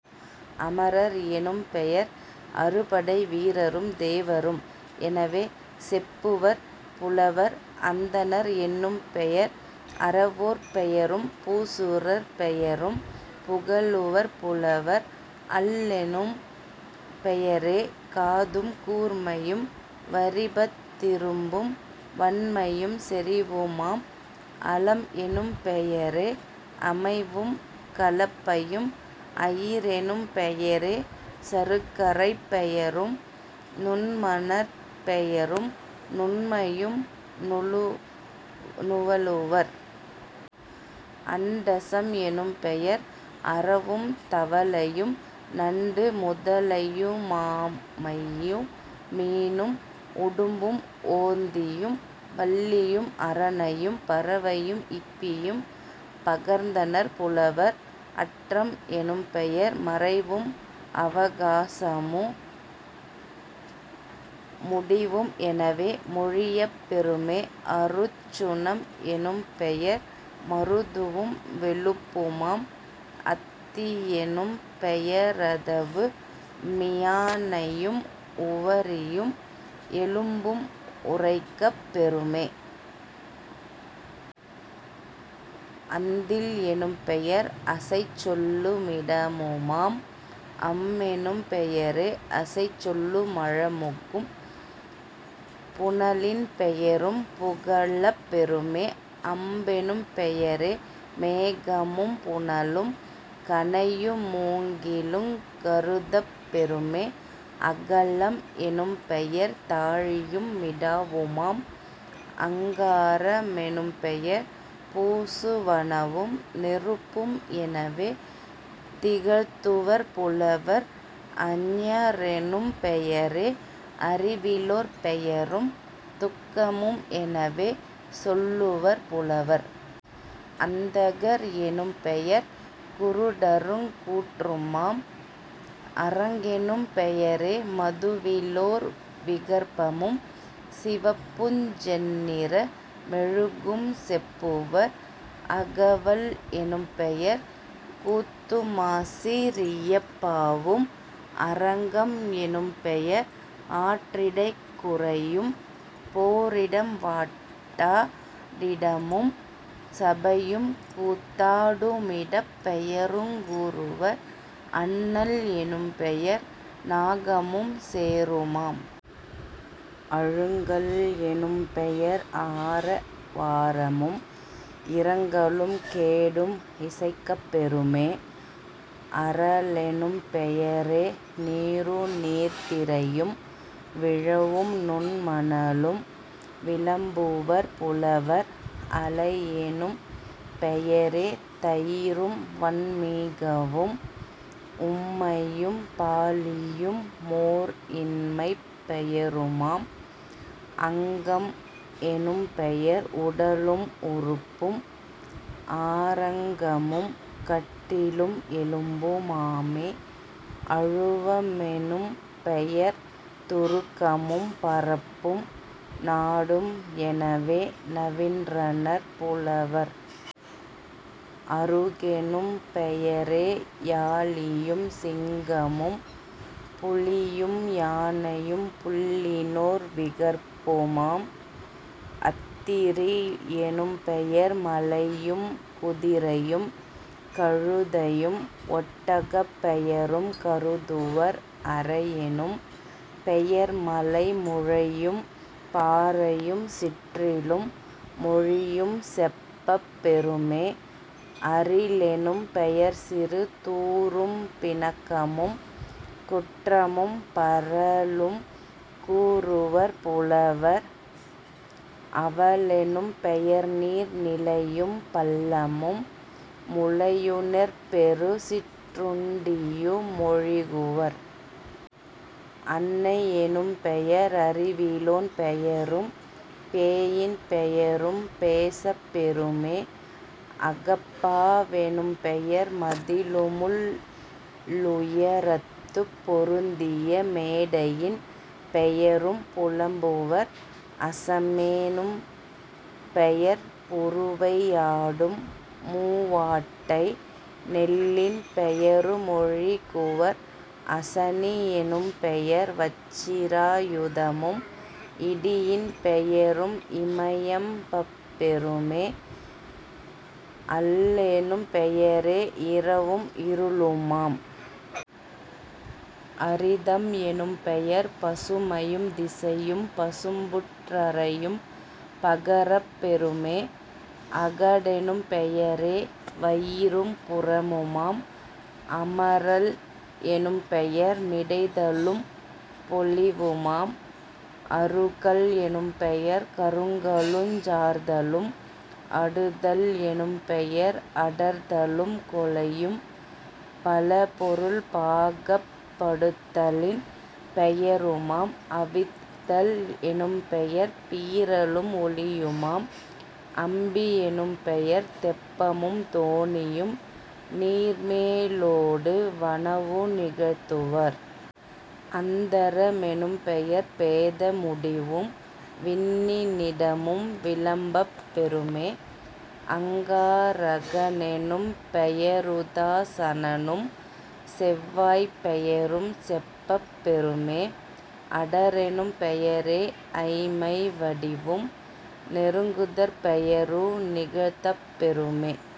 அமரர் எனும்பெயர் அடுபடை வீரரும் தேவரும் எனவே செப்புவர் புலவர்..... அந்தணர் என்னும்பெயர் அறவோர் பெயரும் பூசுரர் பெயரும் புகலுவர் புலவர்..... அள்ளெனும் பெயரே காதும் கூர்மையும் வரிபத் திரும்பும் வன்மையும் செறிவுமாம்..... அலம்எனும் பெயரே அமைவும் கலப்பையும்..... அயிரெனும் பெயரே சருக்கரைப் பெயரும் நுண்மணற் பெயரும் நுண்மையும் நுவலுவர்..... அண்டசம் எனும்பெயர் அரவும் தவளையும் நண்டு முதலையு மாமையு மீனும் உடும்பும் ஓந்தியும் பல்லியும் அரணையும் பறவையும் இப்பியும் பகர்ந்தனர் புலவர்..... அற்றம் எனும்பெயர் மறைவும் அவகாசமு முடிவும் எனவே மொழியப் பெறுமே..... அருச்சுனம் எனும்பெயர் மருதுவும் வெளுப்புமாம்.... அத்தி யெனும்பெய ரதவு மியானையும் உவரியும் எலும்பும் உரைக்கப் பெறுமே..... அந்தில் எனும்பெயர் அசைச்சொல்லு மிடமுமாம்..... அம்மெனும் பெயரே அசைச்சொல்லு மழகும் புனலின் பெயரும் புகலப் பெறுமே..... அம்பெனும் பெயரே மேகமும் புனலும் கணையு மூங்கிலுங் கருதப் பெறுமே..... அகளம் எனும்பெயர் தாழியும் மிடாவுமாம்..... அங்கார மெனும்பெயர் பூசு வனவும் நெருப்பும் எனவே திகழ்த்துவர் புலவர்..... அஞரெனும் பெயரே அறிவிலோர் பெயரும் துக்கமும் எனவே சொல்லுவர் புலவர்..... அந்தகர் எனும் பெயர் குருடருங் கூற்றுமாம்..... அரங்கெனும் பெயரே மதுவிலோர் விகற்பமும் சிவப்புஞ் சென்னிற மெழுகும் செப்புவர்..... அகவல் எனும்பெயர் கூத்துமாசி ரியப்பாவும்..... அரங்கம் எனும்பெயர் ஆற்றிடைக் குறையும் போரிடம் வாட்டா டிடமும் சபையும் கூத்தா டுமிடப் பெயருங் கூறுவர்..... அன்னல் எனும்பெயர் நாகமும் சேறுமாம்..... அழுங்கல் எனும்பெயர் ஆர வாரமும் இரங்கலும் கேடும் இசைக்கப் பெறுமே..... அறலெனும் பெயரே நீரு நீர்த்திரையும் விழவும் நுண்மணலும் விளம்புவர் புலவர்..... அளையெனும் பெயரே தயிரும் வன்மீகவும் உம்மையும் பாளியும் மோர்இன்மைப் பெயருமாம்..... அங்கம் எனும்பெயர் உடலும் உறுப்பும் ஆறங்கமும் கட்டிலும் எலும்பு மாமே..... அழுவ மெனும்பெயர் துருக்கமும் பரப்பும் நாடும் எனவே நவின்றனர் புலவர்.....। அறுகெனும் பெயரே யாளியும் சிங்கமும் புலியும் யானையும் புல்லினோர் விகற்புமாம்..... அத்திரி யெனும்பெயர் மலையும் குதிரையும் கழுதையும் ஒட்டகப் பெயரும் கருதுவர்..... அறையெனும் பெயர்மலை முழையும் பாறையும் சிற்றிலும் மொழியும் செப்பப் பெறுமே..... அரிலெனும் பெயர்சிறு தூறும் பிணக்கமும் குற்றமும் பரலும் கூறுவர் புலவர்..... அவலெனும் பெயர்நீர் நிலையும் பள்ளமும் முளையு நெற்பெறு சிற்றுண்டியு மொழிகுவர்..... அண்ணை யெனும்பெயர் அறிவிலோன் பெயரும் பேயின் பெயரும் பேசப் பெறுமே..... அகப்பா வெனும்பெயர் மதிளுமுள் ளுயரத்துப் பொருந்திய மேடையின் பெயரும் புலம்புவர்..... அசமெ னும்பெயர் புருவை யாடும் மூவாட்டை நெல்லின் பெயரு மொழிகுவர்..... அசனி யெனும்பெயர் வச்சிரா யுதமும் இடியின் பெயரும் இயம்பப் பெறுமே..... அல்லெனும் பெயரே இரவும் இருளுமாம்..... அரிதம் எனும்பெயர் பசுமையும் திசையும் பசும்புற் றரையும் பகரப் பெறுமே..... அகடெனும் பெயரே வயிறும் புறமுமாம்..... அமரல் எனும்பெயர் மிடைதலும் பொலிவுமாம்..... அருகல் எனும்பெயர் கருங்கலுஞ் சார்தலும்..... அடுதல் எனும்பெயர் அடர்தலும் கொலையும் பலபொருள் பாகப் படுத்தலின் பெயருமாம்..... அவிர்தல் எனும்பெயர் பீறலும் ஒளியுமாம்..... அம்பி யெனும்பெயர் தெப்பமும் தோணியும் நீர்மே லோடு வனவு நிகழ்த்துவர்..... அந்தர மெனும்பெயர் பேத முடிவும் விண்ணி னிடமும் விளம்பப் பெறுமே..... அங்கா ரகனெனும் பெயருதா சனனும் செவ்வாய்ப் பெயரும் செப்பப் பெறுமே..... அடரெனும் பெயரே ஐமை வடிவும் நெருங்குதற் பெயரு நிகழ்த்தப் பெறுமே.